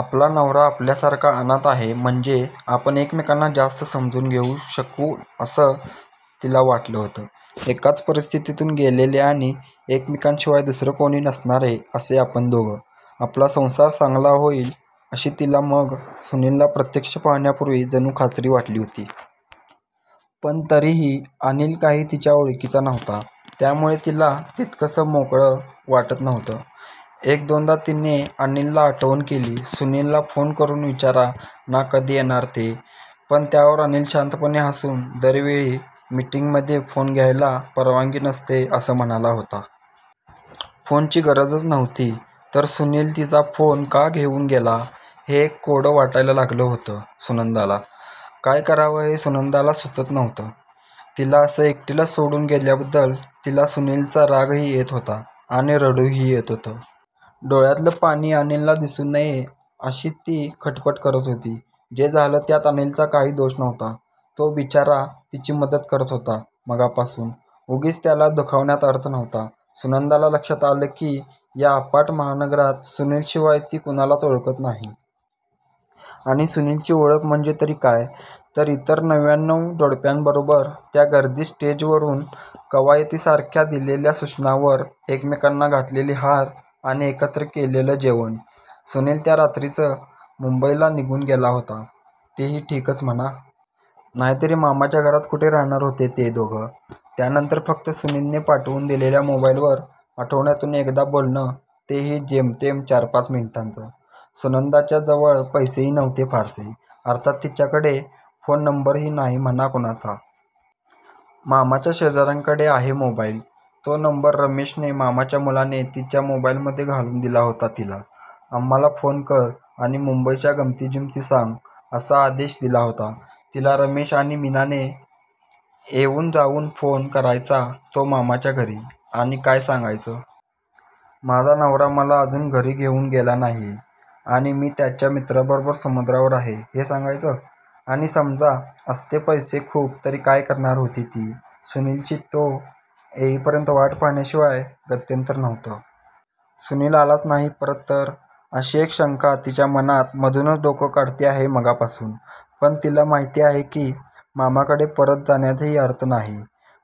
आपला नवरा आपल्यासारखा अनाथ आहे म्हणजे आपण एकमेकांना जास्त समजून घेऊ शकू असं तिला वाटलं होतं. एकाच परिस्थितीतून गेलेले आणि एकमेकांशिवाय दुसरं कोणी नसणारे असे आपण दोघं, आपला संसार चांगला होईल अशी तिला मग सुनीलला प्रत्यक्ष पाहण्यापूर्वी जणू खात्री वाटली होती. पण तरीही अनिल काही तिच्या ओळखीचा नव्हता, त्यामुळे तिला तितकंसं मोकळं वाटत नव्हतं. एक दोनदा तिने अनिलला आठवण केली, सुनीलला फोन करून विचारा ना कधी येणार ते. पण त्यावर अनिल शांतपणे हसून दर वेळी, मीटिंगमध्ये फोन घ्यायला परवानगी नसते, असं म्हणाला होता. फोनची गरजच नव्हती तर सुनील तिचा फोन का घेऊन गेला हे एक कोडं वाटायला लागलं होतं सुनंदाला. काय करावं हे सुनंदाला सुचत नव्हतं. तिला असं एकटीला सोडून गेल्याबद्दल तिला सुनीलचा रागही येत होता आणि रडूही येत होतं. डोळ्यातलं पाणी अनिलला दिसू नये अशी ती खटपट करत होती. जे झालं त्यात अनिलचा काही दोष नव्हता, तो बिचारा तिची मदत करत होता मघापासून. उगीच त्याला दुखावण्यात अर्थ नव्हता. सुनंदाला लक्षात आलं की या अफाट महानगरात सुनीलशिवाय ती कुणालाच ओळखत नाही. आणि सुनीलची ओळख म्हणजे तरी काय? तर इतर नव्व्याणव जोडप्यांबरोबर त्या गर्दीत स्टेजवरून कवायतीसारख्या दिलेल्या सूचनांवर एकमेकांना घातलेले हार आणि एकत्र केलेलं जेवण. सुनील त्या रात्रीच मुंबईला निघून गेला होता, तेही ठीकच म्हणा. नाहीतरी मामाच्या घरात कुठे राहणार होते ते दोघं? त्यानंतर फक्त सुनीलने पाठवून दिलेल्या मोबाईलवर आठवड्यातून एकदा बोलणं, तेही जेमतेम चार पाच मिनिटांचं. सुनंदाच्या जवळ पैसेही नव्हते फारसे. अर्थात तिच्याकडे फोन नंबरही नाही म्हणा कुणाचा. मामाच्या शेजाऱ्यांकडे आहे मोबाईल, तो नंबर रमेशने, मामाच्या मुलाने, तिच्या मोबाईलमध्ये घालून दिला होता तिला. आम्हाला फोन कर आणि मुंबईच्या गमतीजमती सांग, असा आदेश दिला होता तिला रमेश आणि मीनाने. येऊन जाऊन फोन करायचा तो मामाच्या घरी, आणि काय सांगायचं? माझा नवरा मला अजून घरी घेऊन गेला नाहीये आणि मी त्याच्या मित्राबरोबर समुद्रावर आहे, हे सांगायचं? आणि समजा असते पैसे खूप तरी काय करणार होती ती? सुनीलची तो येईपर्यंत वाट पाहण्याशिवाय गत्यंतर नव्हतं. सुनील आलाच नाही परत तर? अशी एक शंका तिच्या मनात मधूनच डोकं काढते आहे मघापासून. पण तिला माहिती आहे की मामाकडे परत जाण्यातही अर्थ नाही.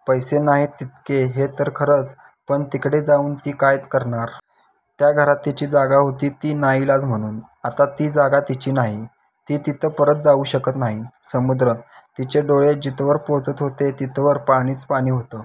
पैसे नाहीत तितके हे तर खरंच, पण तिकडे जाऊन ती काय करणार? त्या घरात तिची जागा होती ती नाईलाज म्हणून. आता ती जागा तिची नाही, ती तिथं परत जाऊ शकत नाही. समुद्र! तिचे डोळे जिथवर पोचत होते तिथवर पाणीच पाणी होतं!